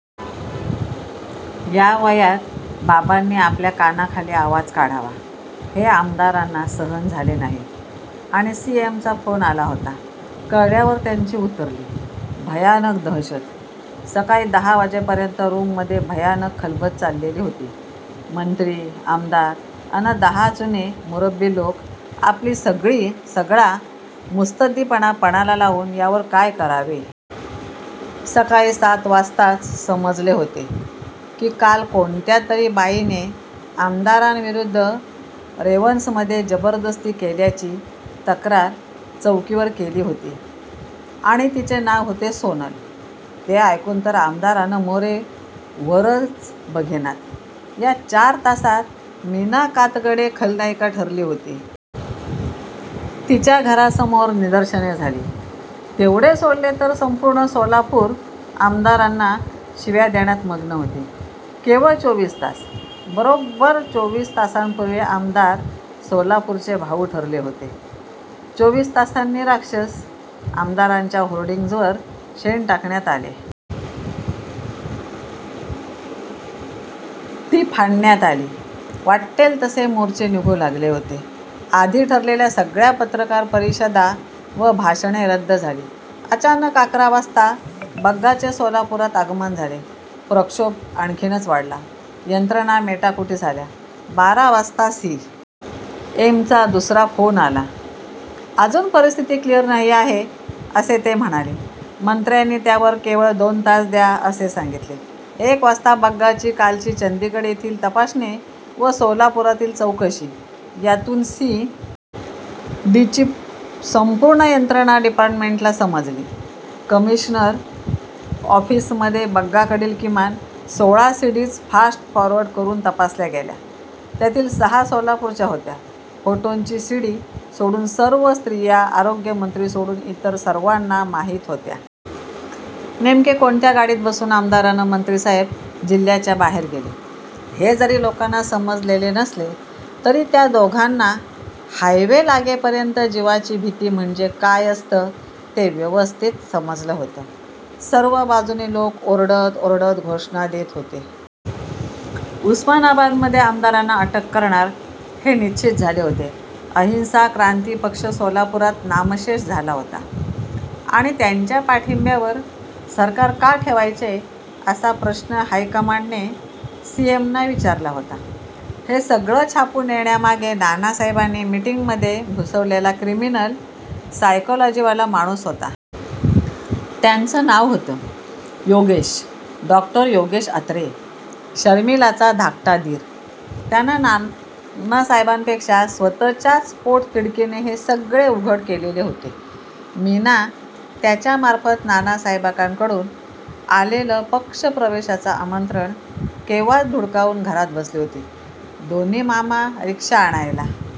या वयात बाबांनी आपल्या कानाखाली आवाज काढावा हे आमदारांना सहन झाले नाही. आणि सी. एम. चा फ़ोन आला होता. कळल्यावर त्यांची उतरली. भयानक दहशत! सकाळी दहा वाजेपर्यंत रूममधे भयानक खलबंतं चाललेली होती. मंत्री, आमदार अन दहा जुने मुरब्बी लोक आपली सगळा मुत्सद्दीपणा पणाला लावून यावर काय करावे. सकाळी सात वाजताच समजले होते. की काल कोणत्यातरी बाईने आमदारांविरुद्ध रेव्हन्समधे जबरदस्ती केल्याची तक्रार चौकीवर केली होती. आणि तिचे नाव होते सोनल! ते ऐकून तर आमदार अन मोरे वरच बघेनात! या चार तासात मीना कातगडे खलनायिका ठरली होती. तिच्या घरासमोर निदर्शने झाली. तेवढे सोडले तर संपूर्ण सोलापूर आमदारांना शिव्या देण्यात मग्न होते. केवळ चोवीस तास! बरोब्बर चोवीस तासांपुर्वी आमदार 'सोलापूरचे भाऊ' ठरले होते. चोवीस तासांनी राक्षस! आमदारांच्या होर्डिंग्जवर शेण टाकण्यात आले. ती फ़ाडण्यात आली. वाट्टेल तसे मोर्चे निघू लागले होते. आधी ठरलेल्या सगळ्या पत्रकार परिषदा व भाषणे रद्द झाली. अचानक अकरा वाजता बग्गाचे सोलापुरात आगमन झाले. प्रक्षोभ आणखीनच वाढला. यंत्रणा मेटाकुटीस आल्या. बारा वाजता सी. एम. चा दुसरा फ़ोन आला. अजून परिस्थिती क्लीअर नाही आहे असे ते म्हणाले. मंत्र्यांनी त्यावर 'केवळ दोन तास द्या' असे सांगीतले. एक वाजता बग्गाची कालची चंदीगड येथील तपासणी व सोलापुरातील चौकशी यातून सी. डी. ची संपूर्ण यंत्रणा डिपार्टमेंटला समजली. कमिशनर ऒफ़ीसमधे बग्गाकडील किमान सोळा C. Ds fast forward करून तपासल्या गेल्या. त्यातील सहा सोलापूरच्या होत्या. फ़ोटोंची सी. डी. सोडून सर्व स्त्रिया आरोग्यमंत्री सोडून इतर सर्वांना माहीत होत्या. नेमके कोणत्या गाडीत बसून आमदार अन मंत्रीसाहेब जिल्ह्याच्या बाहेर गेले हे जरी लोकांना समजलेले नसले तरी त्या दोघांना हायवे लागेपर्यंत 'जीवाची भीती' म्हणजे काय असतं ते व्यवस्थित समजलं होतं! सर्व बाजूंनी लोक ओरडत-ओरडत घोषणा देत होते. उस्मानाबादमधे आमदारांना अटक करणार हे निश्चीत झाले होते. अहिंसा क्रान्ती पक्ष सोलापुरात नामशेष झाला होता. आणि 'त्यांच्या पाठिंब्यावर सरकार का ठेवायचे' असा प्रश्न हायकमांडने सी. एम. ना विचारला होता. हे सगळं छापून येण्यामागे नानासाहेबांनी मीटिंगमधे घुसवलेला क्रिमिनल सायकॊलॊजीवाला माणूस होता. त्याच नाव होतं. योगेश.डॊ. योगेश अत्रे, शर्मिलाचा धाकटा दीर, त्याने नानासाहेबांपेक्षा स्वत:च्याच पोटतिडकीने हे सगळे उघड केलेले होते. मीना त्याच्यामार्फ़त नानासाहेबांकडून आलेलं पक्षप्रवेशाचं आमंत्रण केव्हाच धुडकावून घरात बसली होती. दोन्ही मामा रिक्षा आणायला--